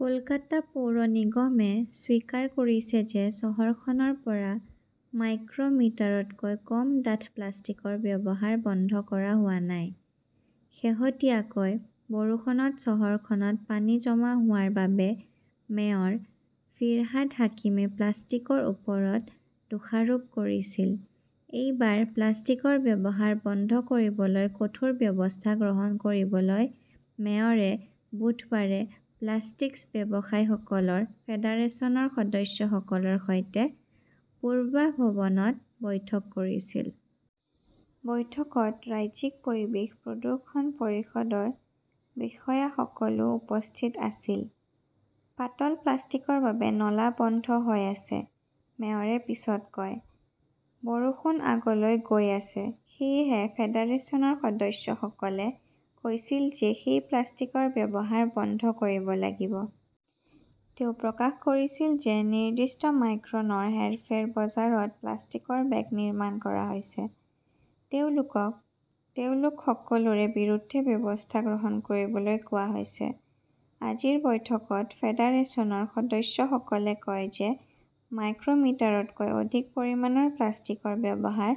কলকাতা পৌৰ নিগমে স্বীকাৰ কৰিছে যে চহৰখনৰ পৰা মাইক্ৰ "মিটাৰতকৈ কম ডাঠ প্লাষ্টিকৰ ব্যৱহাৰ বন্ধ কৰা হোৱা নাই। শেহতীয়াকৈ বৰষুণত চহৰখনত পানী জমা হোৱাৰ বাবে মেয়ৰ ফিৰহাদ হাকিমই প্লাষ্টিকৰ ওপৰত দোষাৰোপ কৰিছিল। এইবাৰ প্লাষ্টিকৰ ব্যৱহাৰ বন্ধ কৰিবলৈ কঠোৰ ব্যৱস্থা গ্ৰহণ কৰিবলৈ মেয়ৰে বুধবাৰে প্লাষ্টিক্স ব্যৱসায়ীসকলৰ ফেডাৰেচনৰ সদস্যসকলৰ সৈতে পূৰ্বাভৱনত বৈঠক কৰিছিল। বৈঠকত ৰাজ্যিক পৰিৱেশ প্ৰদূষণ পৰিষদৰ বিষয়াসকলও উপস্থিত আছিল। "পাতল প্লাষ্টিকৰ বাবে নলা বন্ধ হৈ আছে", মেয়ৰে পিছত কয়। বৰষুণ আগলৈ গৈ আছে। সেয়েহে ফেডাৰেচনৰ সদস্যসকলে কৈছিল যে সেই প্লাষ্টিকৰ ব্যৱহাৰ বন্ধ কৰিব লাগিব। তেওঁ প্ৰকাশ কৰিছিল যে, নিৰ্দিষ্ট মাইক্ৰনৰ হেৰফেৰ বজাৰত প্লাষ্টিকৰ বেগ নিৰ্মাণ কৰা হৈছে। তেওঁলোকক তেওঁলোক সকলোৰে বিৰুদ্ধে ব্যৱস্থা গ্ৰহণ কৰিবলৈ কোৱা হৈছে। আজিৰ বৈঠকত ফেডাৰেচনৰ সদস্যসকলে কয় যে, মাইক্ৰ মিটাৰতকৈ অধিক পৰিমাণৰ প্লাষ্টিকৰ ব্যৱহাৰ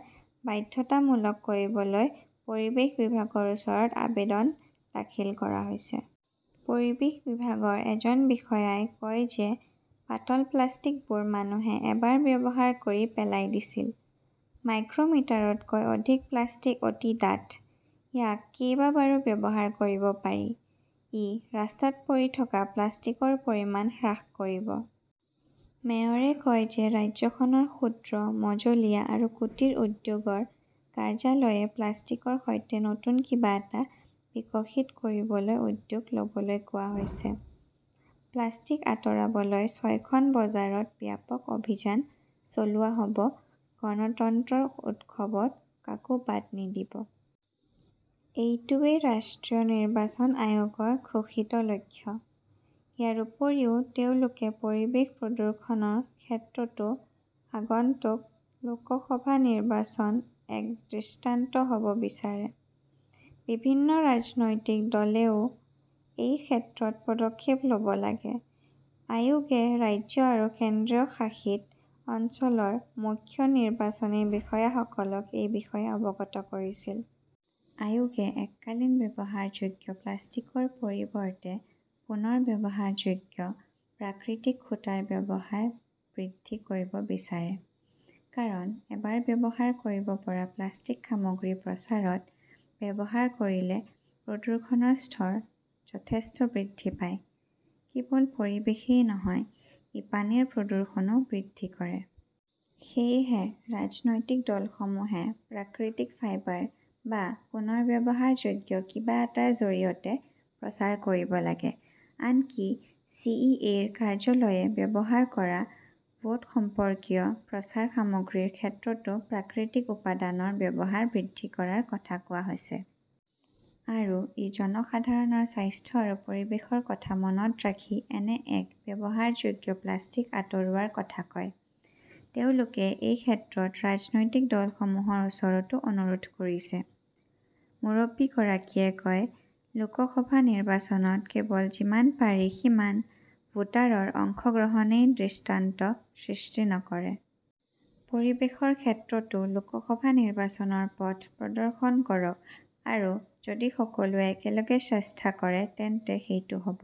বাধ্যতামূলক কৰিবলৈ পৰিৱেশ বিভাগৰ ওচৰত আবেদন দাখিল কৰা হৈছে। পৰিৱেশ বিভাগৰ এজন বিষয়াই কয় যে, পাতল প্লাষ্টিকবোৰ মানুহে এবাৰ ব্যৱহাৰ কৰি পেলাই দিছিল। মাইক্ৰ "মিটাৰতকৈ অধিক প্লাষ্টিক অতি ডাঠ। ইয়াক কেইবাবাৰো ব্যৱহাৰ কৰিব পাৰি। ই ৰাস্তাত পৰি থকা প্লাষ্টিকৰ পৰিমাণ হ্ৰাস কৰিব। মেয়ৰে কয় যে ৰাজ্যখনৰ ক্ষুদ্ৰ, মজলীয়া আৰু কুটিৰ উদ্যোগৰ কাৰ্যালয়ে প্লাষ্টিকৰ সৈতে নতুন কিবা এটা বিকশিত কৰিবলৈ উদ্যোগ ল'বলৈ কোৱা হৈছে। প্লাষ্টিক আঁতৰাবলৈ ছয়খন বজাৰত ব্যাপক অভিযান চলোৱা হ'ব গণতন্ত্ৰৰ উৎসৱত কাকো বাদ নিদিব। এইটোৱেই ৰাষ্ট্ৰীয় নিৰ্বাচন আয়োগৰ ঘোষিত লক্ষ্য। ইয়াৰ উপৰিও তেওঁলোকে পৰিৱেশ প্ৰদূষণৰ ক্ষেত্ৰতো আগন্তুক লোকসভা নিৰ্বাচন এক দৃষ্টান্ত হ'ব বিচাৰে। বিভিন্ন ৰাজনৈতিক দলেও এই ক্ষেত্ৰত পদক্ষেপ ল'ব লাগে। আয়োগে ৰাজ্য আৰু কেন্দ্ৰীয় শাসিত অঞ্চলৰ মুখ্য নিৰ্বাচনী বিষয়াসকলক এই বিষয়ে অৱগত কৰিছিল। আয়োগে এককালীন ব্যৱহাৰযোগ্য প্লাষ্টিকৰ পৰিৱৰ্তে পুনৰ্ব্যৱহাৰযোগ্য, প্ৰাকৃতিক সূতাৰ ব্যৱহাৰ বৃদ্ধি কৰিব বিচাৰে। কাৰণ, এবাৰ ব্যৱহাৰ কৰিব পৰা প্লাষ্টিক সামগ্ৰী প্ৰচাৰত ব্যৱহাৰ কৰিলে প্ৰদূষণৰ স্তৰ যথেষ্ট বৃদ্ধি পায়। কেৱল পৰিৱেশই নহয়, ই পানীৰ প্ৰদূষণও বৃদ্ধি কৰে। সেয়েহে ৰাজনৈতিক দলসমূহে প্ৰাকৃতিক ফাইবাৰ বা পুনৰ্ব্যৱহাৰযোগ্য কিবা এটাৰ জৰিয়তে প্ৰচাৰ কৰিব লাগে। আনকি চি. ই. অ '. -ৰ কাৰ্যালয়ে ব্যৱহাৰ কৰা ভোট সম্পৰ্কীয় প্ৰচাৰ সামগ্ৰীৰ ক্ষেত্ৰতো প্ৰাকৃতিক উপাদানৰ ব্যৱহাৰ বৃদ্ধি কৰাৰ কথা কোৱা হৈছে। আৰু ই জনসাধাৰণৰ স্বাস্থ্য আৰু পৰিৱেশৰ কথা মনত ৰাখি এনে এক-ব্যৱহাৰযোগ্য প্লাষ্টিক আঁতৰোৱাৰ কথা কয়। তেওঁলোকে এই ক্ষেত্ৰত ৰাজনৈতিক দলসমূহৰ ওচৰতো অনুৰোধ কৰিছে। মুৰব্বীগৰাকীয়ে কয়, লোকসভা নিৰ্বাচনত কেৱল যিমান পাৰি সিমান ভোটাৰৰ অংশগ্ৰহণই দৃষ্টান্ত সৃষ্টি নকৰে। পৰিৱেশৰ ক্ষেত্ৰতো লোকসভা নিৰ্বাচনৰ পথ প্ৰদৰ্শন কৰক। আৰু যদি সকলোৱে একেলগে চেষ্টা কৰে তেন্তে সেইটো হ 'ব।